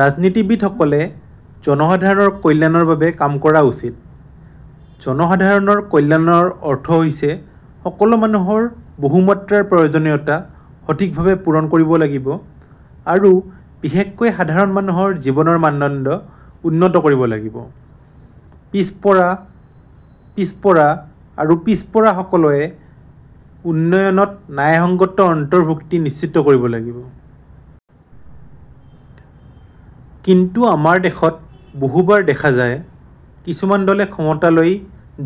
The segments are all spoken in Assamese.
ৰাজনীতিবিদসকলে জনসাধাৰণৰ কল্যাণৰ বাবে কাম কৰা উচিত। জনসাধাৰণৰ কল্যাণৰ অৰ্থ হৈছে সকলো মানুহৰ বহু-মাত্ৰাৰ প্ৰয়োজনীয়তা সঠিকভাৱে পূৰণ কৰিব লাগিব আৰু বিশেষকৈ সাধাৰণ মানুহৰ জীৱনৰ মানদণ্ড উন্নত কৰিব লাগিব। পিছপৰা, পিছপৰা আৰু পিছপৰা সকলোৱে উন্নয়নত ন্যায়সংগত অন্তৰ্ভুক্তি নিশ্চিত কৰিব লাগিব। কিন্তু আমাৰ দেশত বহুবাৰ দেখা যায়, কিছুমান দলে ক্ষমতালৈ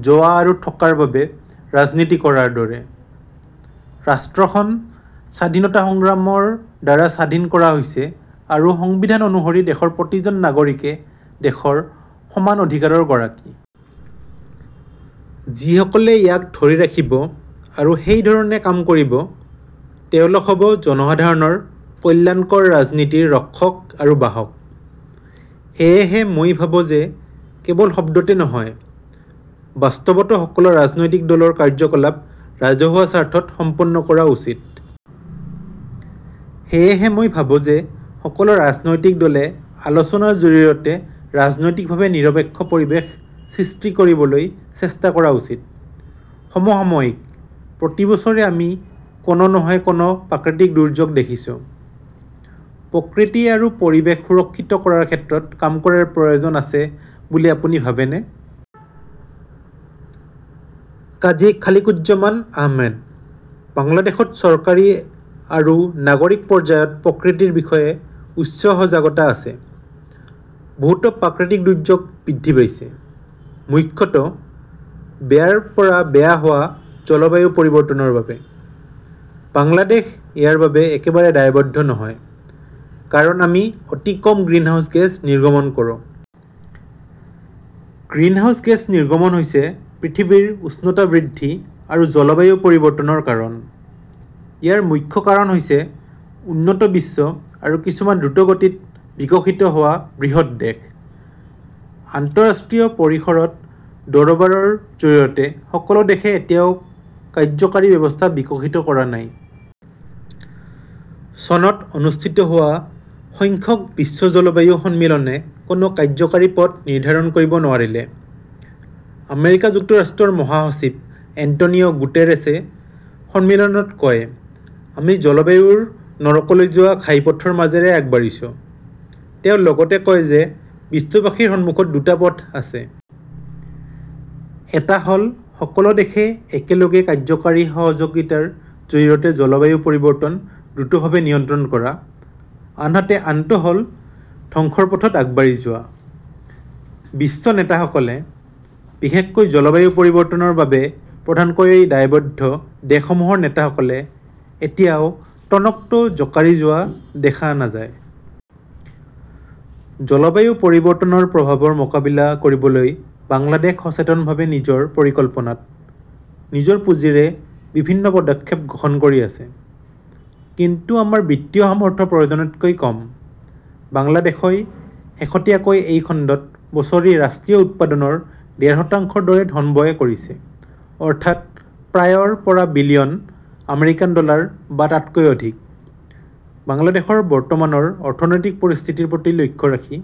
যোৱা আৰু থকাৰ বাবে ৰাজনীতি কৰাৰ দৰে। ৰাষ্ট্ৰখন স্বাধীনতা সংগ্ৰামৰ দ্বাৰা স্বাধীন কৰা হৈছে আৰু সংবিধান অনুসৰি দেশৰ প্ৰতিজন নাগৰিকে দেশৰ সমান অধিকাৰৰ গৰাকী। যিসকলে ইয়াক ধৰি ৰাখিব আৰু সেই ধৰণে কাম কৰিব, তেওঁলোক হ "ব জনসাধাৰণৰ কল্যাণকৰ ৰাজনীতিৰ ৰক্ষক আৰু বাহক। সেয়েহে মই ভাবো যে কেৱল শব্দতে নহয়, বাস্তৱতো সকলো ৰাজনৈতিক দলৰ কাৰ্যকলাপ ৰাজহুৱা স্বাৰ্থত সম্পন্ন কৰা উচিত। সেয়েহে মই ভাবো যে সকলো ৰাজনৈতিক দলে আলোচনাৰ জৰিয়তে ৰাজনৈতিকভাৱে নিৰপেক্ষ পৰিৱেশ সৃষ্টি কৰিবলৈ চেষ্টা কৰা উচিত। সমসাময়িকঃ প্ৰতি বছৰে আমি কোনো নহয় কোনো প্ৰাকৃতিক দুৰ্যোগ দেখিছোঁ। প্ৰকৃতি আৰু পৰিৱেশ সুৰক্ষিত কৰাৰ ক্ষেত্ৰত কাম কৰাৰ প্ৰয়োজন আছে বুলি আপুনি ভাবেনে? কাজী খালিকুজ্জমান আহমেদঃ বাংলাদেশত চৰকাৰী আৰু নাগৰিক পৰ্যায়ত প্ৰকৃতিৰ বিষয়ে উচ্চ সজাগতা আছে। বহুতো প্ৰাকৃতিক দুৰ্যোগ বৃদ্ধি পাইছে, মুখ্যতঃ বেয়াৰ পৰা বেয়া হোৱা জলবায়ু পৰিৱৰ্তনৰ বাবে। বাংলাদেশ ইয়াৰ বাবে একেবাৰে দায়বদ্ধ নহয়। কাৰণ আমি অতি কম গ্ৰীণহাউছ গেছ নিৰ্গমন কৰোঁ। গ্ৰীণহাউছ গেছ নিৰ্গমন হৈছে পৃথিৱীৰ উষ্ণতা বৃদ্ধি আৰু জলবায়ু পৰিৱৰ্তনৰ কাৰণ। ইয়াৰ মুখ্য কাৰণ হৈছে উন্নত বিশ্ব আৰু কিছুমান দ্ৰুতগতিত বিকশিত হোৱা বৃহৎ দেশ। আন্তঃৰাষ্ট্ৰীয় পৰিসৰত দৰবাৰৰ জৰিয়তে সকলো দেশে এতিয়াও কাৰ্যকৰী ব্যৱস্থা বিকশিত কৰা নাই। চনত অনুষ্ঠিত হোৱা সংখ্যক বিশ্ব জলবায়ু সন্মিলনে কোনো কাৰ্যকৰী পথ নিৰ্ধাৰণ কৰিব নোৱাৰিলে। আমেৰিকা যুক্তৰাষ্ট্ৰৰ মহাসচিব এন্টোনিও গুটেৰেছে সন্মিলনত কয়, "আমি জলবায়ুৰ নৰকলৈ যোৱা ঘাইপথৰ মাজেৰে আগবাঢ়িছো। " তেওঁ লগতে কয় যে বিশ্ববাসীৰ সন্মুখত দুটা পথ আছে। এটা হ "ল সকলো দেশে একেলগে কাৰ্যকৰী সহযোগিতাৰ জৰিয়তে জলবায়ু পৰিৱৰ্তন দ্ৰুতভাৱে নিয়ন্ত্ৰণ কৰা, আনহাতে আনটো হ" ল ধ্বংসৰ পথত আগবাঢ়ি যোৱা। বিশ্ব নেতাসকলে, বিশেষকৈ জলবায়ু পৰিৱৰ্তনৰ বাবে প্ৰধানকৈ দায়বদ্ধ দেশসমূহৰ নেতাসকলে এতিয়াও টনকটো জোকাৰি যোৱা দেখা নাযায়। জলবায়ু পৰিৱৰ্তনৰ প্ৰভাৱৰ মোকাবিলা কৰিবলৈ বাংলাদেশ সচেতনভাৱে নিজৰ পৰিকল্পনাত, নিজৰ পুঁজিৰে বিভিন্ন পদক্ষেপ গ্ৰহণ কৰি আছে। কিন্তু আমাৰ বিত্তীয় সামৰ্থ্য প্ৰয়োজনতকৈ কম। বাংলাদেশই শেহতীয়াকৈ এই খণ্ডত বছৰি ৰাষ্ট্ৰীয় উৎপাদনৰ ডেৰ শতাংশৰ দৰে ধন ব্যয় কৰিছে, অৰ্থাৎ প্ৰায় ৰ পৰা বিলিয়ন আমেৰিকান ডলাৰ বা তাতকৈ অধিক। বাংলাদেশৰ বৰ্তমানৰ অৰ্থনৈতিক পৰিস্থিতিৰ প্ৰতি লক্ষ্য ৰাখি